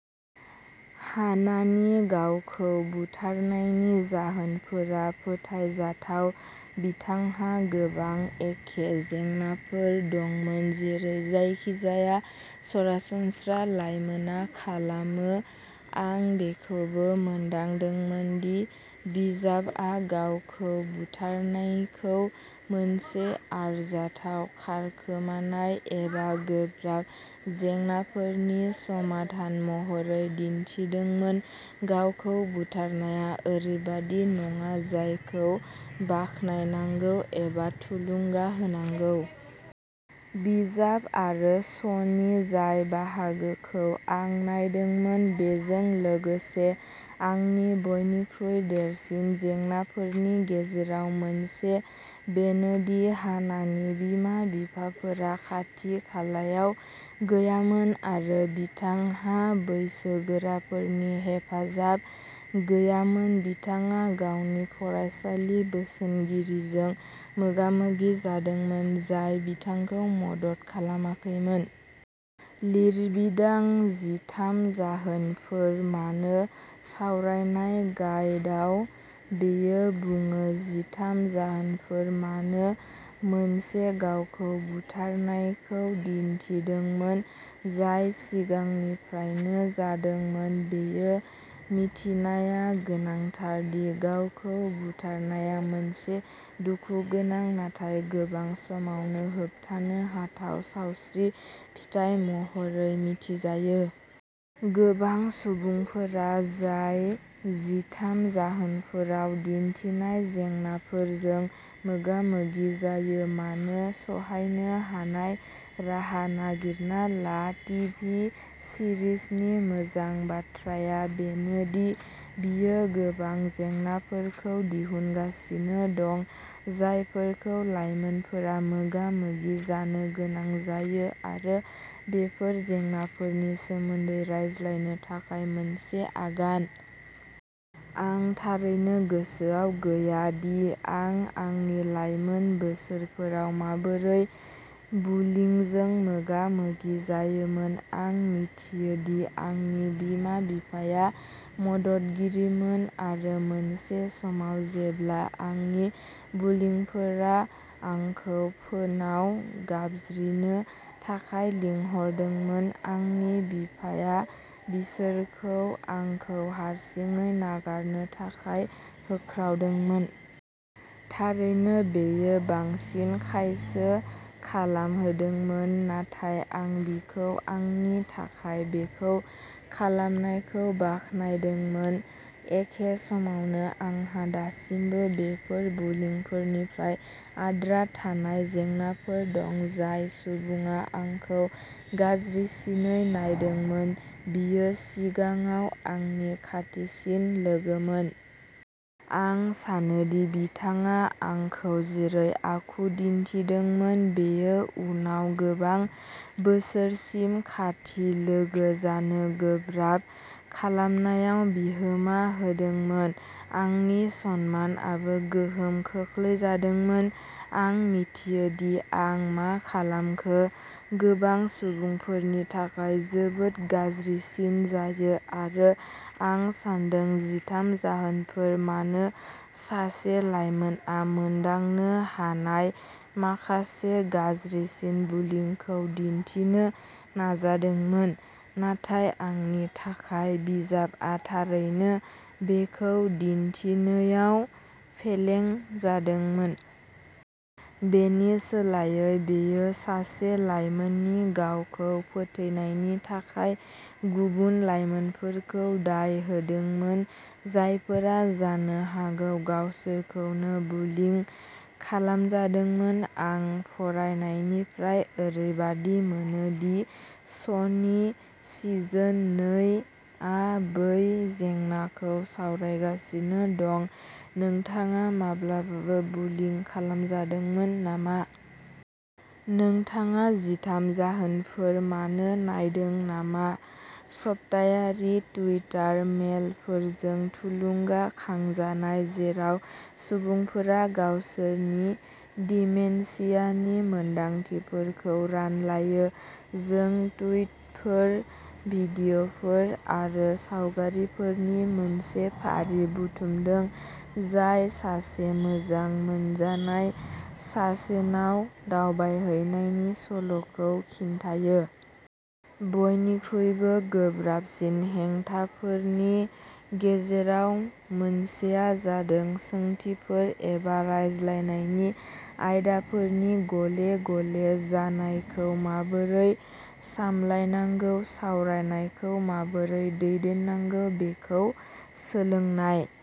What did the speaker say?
हानानि गावखौ बुथारनायनि जाहोनफोरा फोथायजाथाव। बिथांहा गोबां एखे जेंनाफोर दंमोन जेरै जायखिजाया सरासनस्रा लाइमोनआ खालामो। आं बेखौबो मोनदांदोंमोन दि बिजाबआ गावखौ बुथारनायखौ मोनसे आरजाथाव खारखोमानाय एबा गोब्राब जेंनाफोरनि समाधान महरै दिन्थिदोंमोन। गावखौ बुथारनाया ओरैबायदि नङा जायखौ बाखनायनांगौ एबा थुलुंगा होनांगौ। बिजाब आरो श'नि जाय बाहागोखौ आं नायदोंमोन, बेजों लोगोसे आंनि बयनिख्रुइ देरसिन जेंनाफोरनि गेजेराव मोनसे बेनोदि हानानि बिमा-बिफाफोरा खाथि-खालायाव गैयामोन आरो बिथांहा बैसोगोराफोरनि हेफाजाब गैयामोन। बिथाङा गावनि फरायसालि बोसोनगिरिजों मोगामोगि जादोंमोन, जाय बिथांखौ मदद खालामाखैमोन। लिरबिदां जिथाम जाहोनफोर मानो सावरायनाय गाइदाव बेयो बुङो, जिथाम जाहोनफोर मानो मोनसे गावखौ बुथारनायखौ दिन्थिदोंमोन जाय सिगांनिफ्रायनो जादोंमोन, बेयो मिथिनाया गोनांथार दि गावखौ बुथारनाया मोनसे दुखुगोनां नाथाय गोबां समावनो होबथानो हाथाव सावस्रि फिथाय महरै मिथिजायो। गोबां सुबुंफोरा जाय जिथाम जाहोनफोराव दिन्थिनाय जेंनाफोरजों मोगा-मोगि जायो। मानो सहायनो हानाय राहा नागिरना ला। टिभि सिरिसनि मोजां बाथ्राया बेनो दि बेयो गोबां जेंनाफोरखौ दिहुनगासिनो दं, जायफोरखौ लाइमोनफोरा मोगा-मोगि जानो गोनां जायो आरो बेफोर जेंनाफोरनि सोमोन्दै रायज्लायनो थाखाय मोनसे आगान। आं थारैनो गोसोआव गैया दि आं आंनि लाइमोन बोसोरफोराव माबोरै बुलिंजों मोगा-मोगि जायोमोन। आं मिथियोदि आंनि बिमा-बिफाया मददगिरिमोन आरो मोनसे समाव जेब्ला आंनि बुलिंफोरा आंखौ फोनाव गाबज्रिनो थाखाय लिंहरदोंमोन, आंनि बिफाया बिसोरखौ आंखौ हारसिङै नागारनो थाखाय होख्रावदोंमोन। थारैनो, बेयो बांसिन खायसो खालामहोदोंमोन, नाथाय आं बिखौ आंनि थाखाय बेखौ खालामनायखौ बाख्नायदोंमोन। एखे समावनो, आंहा दासिमबो बेफोर बुलिंफोरनिफ्राय आद्रा थानाय जेंनाफोर दं। जाय सुबुङा आंखौ गाज्रिसिनै नायदोंमोन बियो सिगाङाव आंनि खाथिसिन लोगोमोन। आं सानोदि बिथाङा आंखौ जेरै आखु दिन्थिदोंमोन, बेयो उनाव गोबां बोसोरसिम खाथि लोगो जानो गोब्राब खालामनायाव बिहोमा होदोंमोन। आंनि सनमान आबो गोहोम खोख्लैजादोंमोन। आं मिथियो दि आं मा खालामखो। गोबां सुबुंफोरनि थाखाय जोबोद गाज्रिसिन जायो आरो आं सान्दों जिथाम जाहोनफोर मानो सासे लाइमोनआ मोनदांनो हानाय माखासे गाज्रिसिन बुलिंखौ दिन्थिनो नाजादोंमोन, नाथाय आंनि थाखाय, बिजाबआ थारैनो बेखौ दिन्थिनोयाव फेलें जादोंमोन। बेनि सोलायै, बेयो सासे लाइमोननि गावखौ फोथैनायनि थाखाय गुबुन लाइमोनफोरखौ दाय होदोंमोन, जायफोरा जानो हागौ गावसोरखौनो बुलिं खालामजादोंमोन। आं फरायनायनिफ्राय, ओरैबादि मोनो दि श'नि सिजोन नै आ बै जेंनाखौ सावरायगासिनो दं। नोंथाङा माब्लाबाबो बुलिं खालामजादोंमोन नामा? नोंथाङा जिथाम जाहोनफोर मानो नायदों नामा? सप्तायारि टुइटार मेलफोरजों थुलुंगा खांजानाय जेराव सुबुंफोरा गावसोरनि दिमेन्सियानि मोनदांथिफोरखौ रानलायो, जों टुइटफोर, भिडिय'फोर आरो सावगारिफोरनि मोनसे फारि बुथुमदों जाय सासे मोजां मोनजानाय सासेनाव दावबायहैनायनि सल'खौ खिन्थायो। बयनिख्रुइबो गोब्राबसिन हेंथाफोरनि गेजेराव मोनसेआ जादों सोंथिफोर एबा रायज्लायनायनि आयदाफोरनि गले गले जानायखौ माबोरै सामलायनांगौ सावरायनायखौ माबोरै दैदेननांगौ बेखौ सोलोंनाय।